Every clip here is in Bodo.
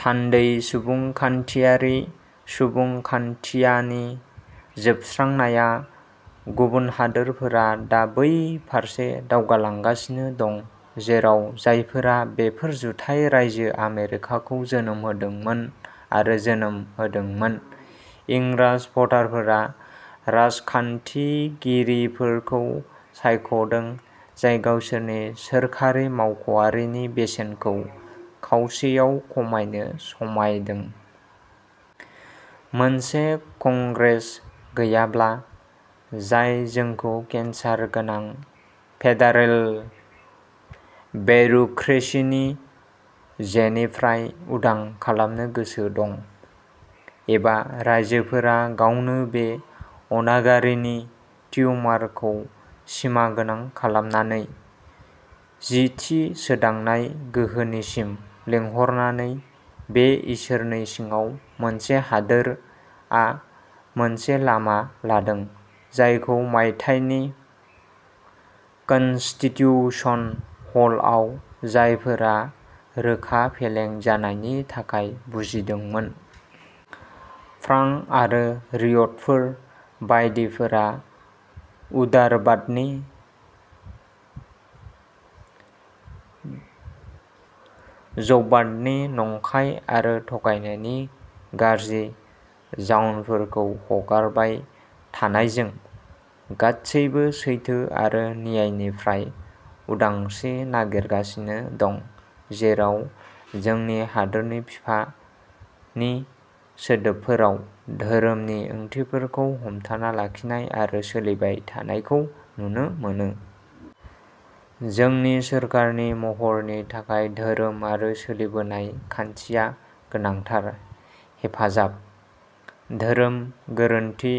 थान्दै, सुबुंखान्थियारि सुबुंखान्थियानि जोबस्रांनाया, गुबुन हादोरफोरा दा बै फारसे दावगालांगासिनो दं जेराव जायफोरा बेफोर जुथाइ रायजो आमेरिकाखौ जोनोम होदोंमोन आरो जोनोम होदोंमोन। इंराज भटारफोरा राजखान्थिगिरिफोरखौ सायख'दों, जाय गावसोरनि सोरखारि मावख'आरिनि बेसेनखौ खावसेआव खमायनो समायदों। मोनसे कंग्रेस गैयाब्ला, जाय जोंखौ केन्सार गोनां फेडारेल बेरुक्रेसीनि जेनिफ्राय उदां खालामनो गोसो दं, एबा रायजोफोरा गावनो बे अनागारिनि टिउमारखौ सिमागोनां खालामनानै, जिथि सोदांनाय गोहोनिसिम लिंहरनानै, बे "इसोरनि सिङाव मोनसे हादोर" आ मोनसे लामा लादों, जायखौ मायथाइनि कनस्टिटिउशन हलआव जायफोरा रोखा फेलें जानायनि थाखाय बुजिदोंमोन। फ्रांक आरो रिअडफोर बायदिफोरा उदारबादनि जबादनि नंखाय आरो थगायनायनि गाज्रि जाउनफोरखौ हगारबाय थानायजों, गासैबो सैथो आरो न्यायनिफ्राय उदांस्रि नागिरगासिनो दं, जेराव "जोंनि हादोरनि बिफा" नि सोदोबफोराव, "धोरोम" नि ओंथिफोरखौ हमथाना लाखिनाय आरो सोलिबाय थानायखौ नुनो मोनो। जोंनि सोरखारनि महरनि थाखाय धोरोम आरो सोलिबोनाय खान्थिया गोनांथार हेफाजाब। "धोरोम, गोरोनथि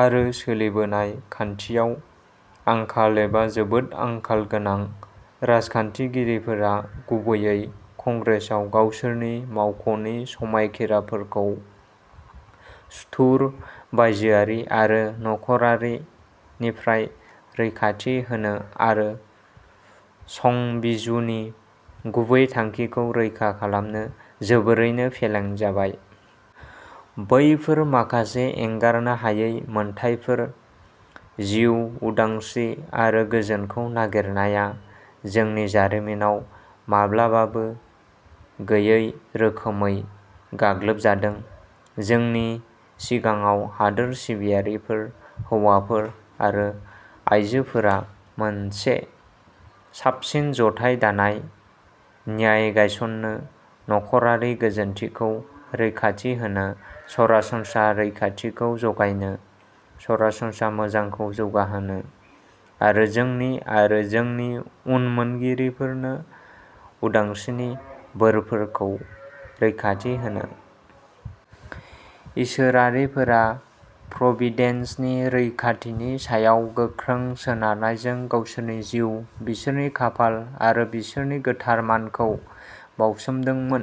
आरो सोलिबोनाय खान्थियाव आंखाल एबा जोबोद आंखाल गोनां, राजखान्थिगिरिफोरा, गुबैयै कंग्रेसाव, गावसोरनि मावख'नि समायखिराफोरखौ" सुथुर, बायजोआरि आरो नखरारि "निफ्राय रैखाथि होनो आरो संबिजुनि गुबै थांखिखौ रैखा खालामनो जोबोरैनो फेलें जाबाय। बैफोर" माखासे एंगारनो हायै मोनथायफोर, जिउ, उदांस्रि, आरो गोजोनखौ नागिरनाया "जोंनि जारिमिनाव माब्लाबाबो गैयै रोखोमै गाग्लोबजादों। जोंनि सिगाङाव हादोर सिबियारिफोर, हौवाफोर आरो आइजोफोरा" मोनसे साबसिन जथाय दानाय, न्याय गायसननो, नखरारि गोजोनथिखौ रैखाथि होनो, सरासनस्रा रैखाथिखौ जगायनो, सरासनस्रा मोजांखौ जौगाहोनो, आरो जोंनि आरो जोंनि उनमोनगिरिफोरनो उदांस्रिनि बोरफोरखौ रैखाथि होनो,... इसोरारि प्रभिडेन्सनि रैखाथिनि सायाव गोख्रों सोनारनायजों गावसोरनि जिउ, बिसोरनि खाफाल आरो बिसोरनि गोथार मानखौ बाउसोमदोंमोन।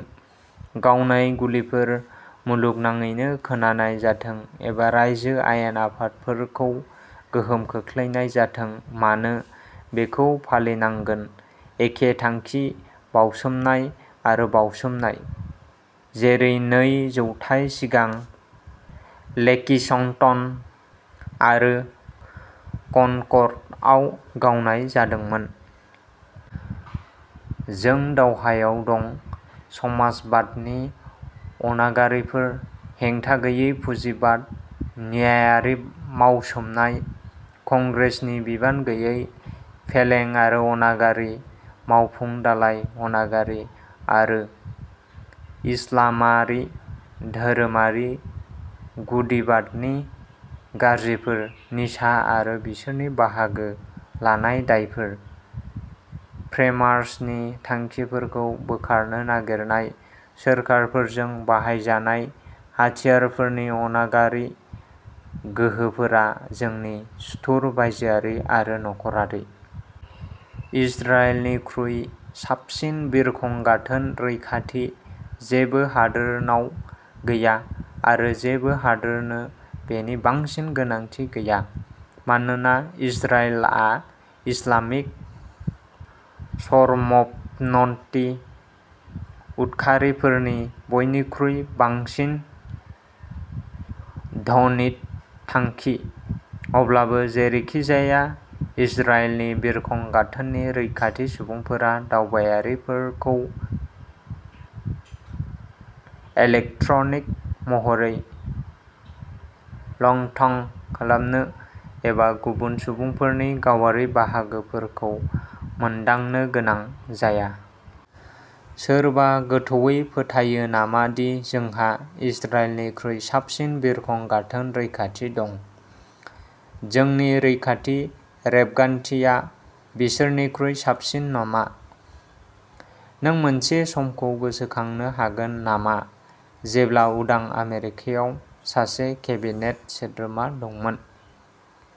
"गावनाय गुलिफोर, मुलुगनाङैनो खोनानाय जाथों एबा रायजो आयेन आफादफोरखौ गोहोम खोख्लैनाय जाथों मानो, बेखौ फालिनांगोन। एखे थांखि, बाउसोमनाय आरो बावसोमनाय, जेरै नै जौथाय सिगां लेकिसंटन आरो कनकर्डआव गावनाय जादोंमोन। जों दावहायाव दं! समाजबादनि अनागारिफोर; हेंथागैयै पुजिबाद; न्यायारि मावसोमनाय; कंग्रेसनि बिबान गैयै, फेलें आरो अनागारि; मावफुं दालाय अनागारि; आरो इस्लामारि धोरोमारि गुदिबादनि गाज्रिफोर; निसा आरो बिसोरनि बाहागो लानाय दायफोर; फ्रेमार्सनि थांखिफोरखौ बोखारनो नागिरनाय सोरखारफोरजों बाहायजानाय हाथियारफोरनि अनागारि गोहोफोरा जोंनि "सुथुर, बायजोआरि आरो नखरारि"। इजराइलनिख्रुइ साबसिन बिरखं गाथोन रैखाथि जेबो हादोरनाव गैया-आरो जेबो हादोरनो बेनि बांसिन गोनांथि गैया, मानोना इजराइलआ इस्लामिक चरमपन्थी उदखारिफोरनि बयनिख्रुइ बांसिन डणित थांखि। अब्लाबो, जेरैखिजाया, इजराइलनि बिरखं गाथोननि रैखाथि सुबुंफोरा दावबायारिफोरखौ इलेक्ट्रनिक महरै लंथं खालामनो एबा गुबुन सुबुंफोरनि गावारि बाहागोफोरखौ मोनदांनो गोनां जाया। सोरबा गोथौवै फोथायो नामा दि जोंहा इजराइलनिख्रुइ साबसिन बिरखं गाथोन रैखाथि दं? जोंनि रैखाथि रेबगान्थिया बिसोरनिख्रुइ साबसिन नामा? नों मोनसे समखौ गोसोखांनो हागोन नामा जेब्ला उदां आमेरिकायाव सासे केबिनेट सोद्रोमा दंमोन।